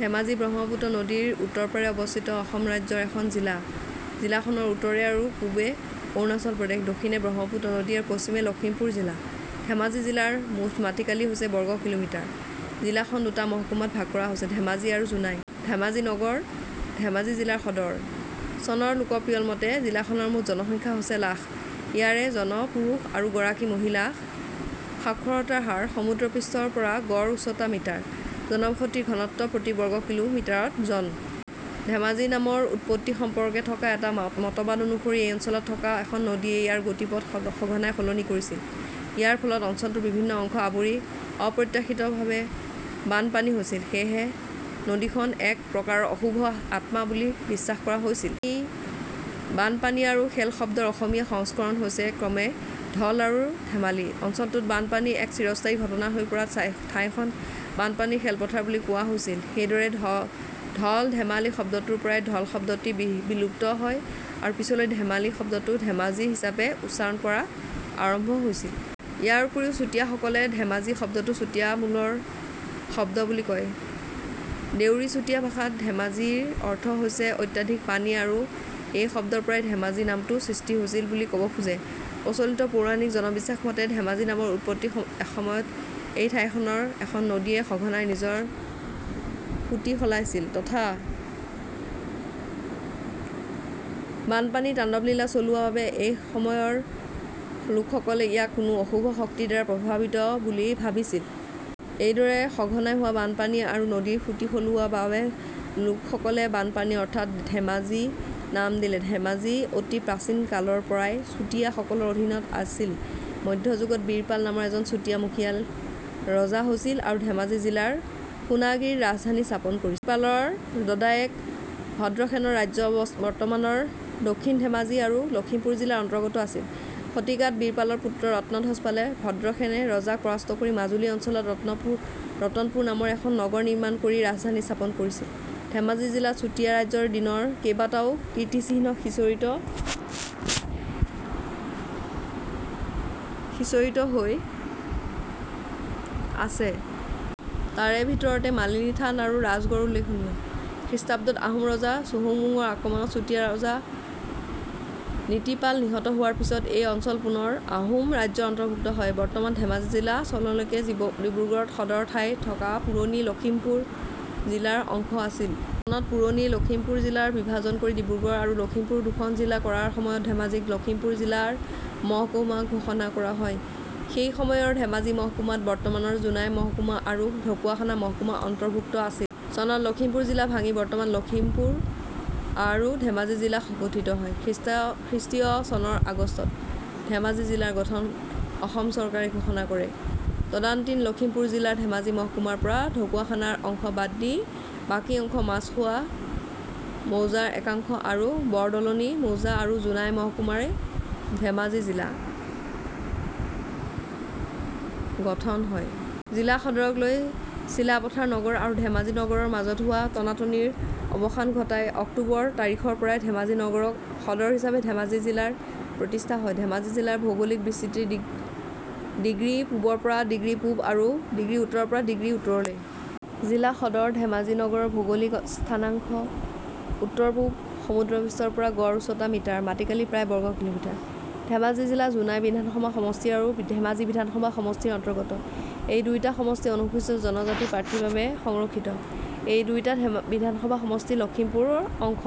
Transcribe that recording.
ধেমাজি ব্ৰহ্মপুত্ৰ নদী ৰ উত্তৰ পাৰে অৱস্থিত অসম ৰাজ্যৰ এখন জিলা। জিলাখনৰ উত্তৰে আৰু পূবে অৰুণাচল প্ৰদেশ, দক্ষিণে ব্ৰহ্মপুত্ৰ নদী আৰু পশ্চিমে লখিমপুৰ জিলা। ধেমাজি জিলাৰ মুঠ মাটিকালি হৈছে বৰ্গ কিঃমিঃ। জিলাখন দুটা মহকুমাত ভাগ কৰা হৈছে: ধেমাজি আৰু জোনাই। ধেমাজি নগৰ ধেমাজি জিলাৰ সদৰ। চনৰ লোকপিয়ল মতে, জিলাখনৰ মুঠ জনসংখ্যা হৈছে লাখ। ইয়াৰে জন পুৰুষ আৰু গৰাকী মহিলা। সাক্ষৰতাৰ হাৰ। সমুদ্ৰপৃষ্ঠৰ পৰা গড় উচ্চতা মিটাৰ। জনবসতিৰ ঘনত্ব প্ৰতি বৰ্গ কিলো মিটাৰত জন। ধেমাজি নামৰ উৎপত্তি সম্পৰ্কে থকা এক মতবাদ অনুসৰি, এই অঞ্চলত থকা এখন নদীয়ে ইয়াৰ গতিপথ সঘনাই সলনি কৰিছিল। ইয়াৰ ফলত অঞ্চলটোৰ বিভিন্ন অংশ আৱৰি অপ্ৰত্যাশিত বানপানী হৈছিল। সেয়েহে নদীখন এক প্ৰকাৰৰ অশুভ আত্মা বুলি বিশ্বাস কৰা হৈছিল। বানপানী আৰু খেল শব্দৰ অসমীয়া সংস্কৰণ হৈছে ক্ৰমে "ধল" আৰু "ধেমালি"। অঞ্চলটোত বানপানী এক চিৰস্থায়ী ঘটনা হৈ পৰাত ঠাইখন বানপানীৰ খেলপথাৰ বুলি কোৱা হৈছিল। এইদৰে "ধল-ধেমালি" শব্দটোৰ পৰা ধল শব্দটি বিলুপ্ত হয় আৰু পিছলৈ "ধেমালি" শব্দটো "ধেমাজি" হিচাপে উচ্চাৰণ কৰা আৰম্ভ হৈছিল। ইয়াৰোপৰি চুতীয়া সকলে "ধেমাজি" শব্দটো চুতীয়ামূলৰ শব্দ বুলি কয়। দেউৰী-চুতীয়া ভাষাত "দেমা-জি"ৰ অৰ্থ হৈছে "অত্যধিক পানী" আৰু এই শব্দৰ পৰাই "ধেমাজি" নামটো সৃষ্টি হৈছিল বুলি ক'ব খোজে। প্ৰচলিত পৌৰাণিক জনবিশ্বাস মতে, "ধেমাজি" নামৰ উৎপত্তি এসময়ত সেই ঠাইত এখন নদীয়ে সঘনাই নিজৰ সূঁতি সলাইছিল তথা বানপানীৰ তাণ্ডৱলীলা চলোৱা বাবে, সেইসময়ৰ লোকসকলে ইয়াক কোনো অশুভ শক্তিৰ দ্বাৰা প্ৰভাৱিত বুলি ভাবিছিল। এইদৰে সঘনাই হোৱা বানপানী আৰু নদীয়ে সূঁতি সলোৱা বাবে লোকসকলে বানপানী অৰ্থাৎ "দেমা-জি" নাম দিলে। ধেমাজি অতি প্ৰাচীন কালৰ পৰাই চুতীয়া সকলৰ অধীনত আছিল। মধ্যযুগত বীৰপাল নামৰ এজন চুতীয়া মুখিয়াল ৰজা হৈছিল আৰু ধেমাজি জিলাৰ সোনাগিৰিত ৰাজধানী স্থাপন কৰিছিল। বীৰপালৰ দদায়েক ভদ্ৰশেনৰ ৰাজ্য বৰ্তমানৰ দক্ষিণ ধেমাজি আৰু লখিমপুৰ জিলাৰ অন্তৰ্গত আছিল। শতিকাত বীৰপালৰ পুত্ৰ ৰত্নধ্বজপালে ভদ্ৰেশেন ৰজাক পৰাস্ত কৰি মাজুলী অঞ্চলত ৰতনপুৰ নামৰ এখন নগৰ নিৰ্মাণ কৰি ৰাজধানী স্থাপন কৰিছিল। ধেমাজি জিলাত চুতীয়া ৰাজ্যৰ দিনৰ কেইবাটাও কীৰ্তিচিহ্ন সিঁচৰিত হৈ আছে। তাৰ ভিতৰতে মালিনী থান আৰু ৰাজগড় উল্লেখনীয়। খ্ৰীষ্টাব্দত আহোম ৰজা চুহুংমুঙৰ আক্ৰমণত চুতীয়া ৰজা নীতিপাল নিহত হোৱাৰ পিছত এই অঞ্চল পুনৰ আহোম ৰাজ্যৰ অন্তৰ্ভুক্ত হয়। বৰ্তমানৰ ধেমাজি জিলা চনলৈকে ডিব্ৰুগড়ত সদৰ ঠাই থকা পুৰণি লক্ষীমপুৰ জিলাৰ অংশ আছিল। চনত পুৰণি লক্ষীমপুৰ জিলাৰ বিভাজন কৰি ডিব্ৰুগড় আৰু লক্ষীমপুৰ দুখন জিলা কৰাৰ সময়ত ধেমাজিক লক্ষীমপুৰ জিলা ৰ মহকুমা ঘোষণা কৰা হয়। সেই সময়ৰ ধেমাজি মহকুমাত বৰ্তমানৰ জোনাই মহকুমা আৰু ঢকুৱাখনা মহকুমা অন্তৰ্ভুক্ত আছিল। চনত লক্ষীমপুৰ জিলা ভাঙি বৰ্তমানৰ লখিমপুৰ আৰু ধেমাজি জিলা গঠিত হয়। খ্ৰীষ্টীয় চনৰ আগষ্টত ধেমাজি জিলাৰ গঠন অসম চৰকাৰে ঘোষণা কৰে। তদানীন্তন লখিমপুৰ জিলাৰ ধেমাজি মহকুমাৰ পৰা ঢকুৱাখনা ৰ অংশ বাদ দি বাকী অংশ, মাছখোৱা মৌজাৰ একাংশ আৰু বৰদলনি মৌজা আৰু জোনাই মহকুমাৰে ধেমাজি জিলা গঠন হয়। জিলা সদৰক লৈ চিলাপথাৰ নগৰ আৰু ধেমাজি নগৰৰ মাজত হোৱা টনাটনিৰ অৱসান ঘটাই অক্টোবৰ তাৰিখৰপৰা ধেমাজি নগৰক সদৰ হিচাপে ধেমাজি জিলাৰ প্ৰতিষ্ঠা হয়। ধেমাজি জিলাৰ ভৌগোলিক বিস্তৃতি ''' ডিগ্ৰী পূৱৰ পৰা ''' ডিগ্ৰী পূৱ আৰু ''' ডিগ্ৰী উত্তৰৰ পৰা ''' ডিগ্ৰী উত্তৰলৈ। জিলা সদৰ ধেমাজি নগৰৰ ভৌগোলিক স্থানাংক উত্তৰ পূৱ। সমুদ্ৰপৃষ্ঠৰ পৰা গড় উচ্চতা মিটাৰ। মাটিকালি প্ৰায় বৰ্গ কিঃমিঃ।। ধেমাজি জিলা জোনাই বিধানসভা সমষ্টি আৰু ধেমাজি বিধানসভা সমষ্টিৰ অন্তৰ্গত। এই দুয়োটা সমষ্টি অনুসূচীত জনজাতিৰ প্ৰাৰ্থীৰ বাবে সংৰক্ষিত। এই দুয়োটা বিধানসভা সমষ্টি লক্ষিমপুৰ ৰ অংশ।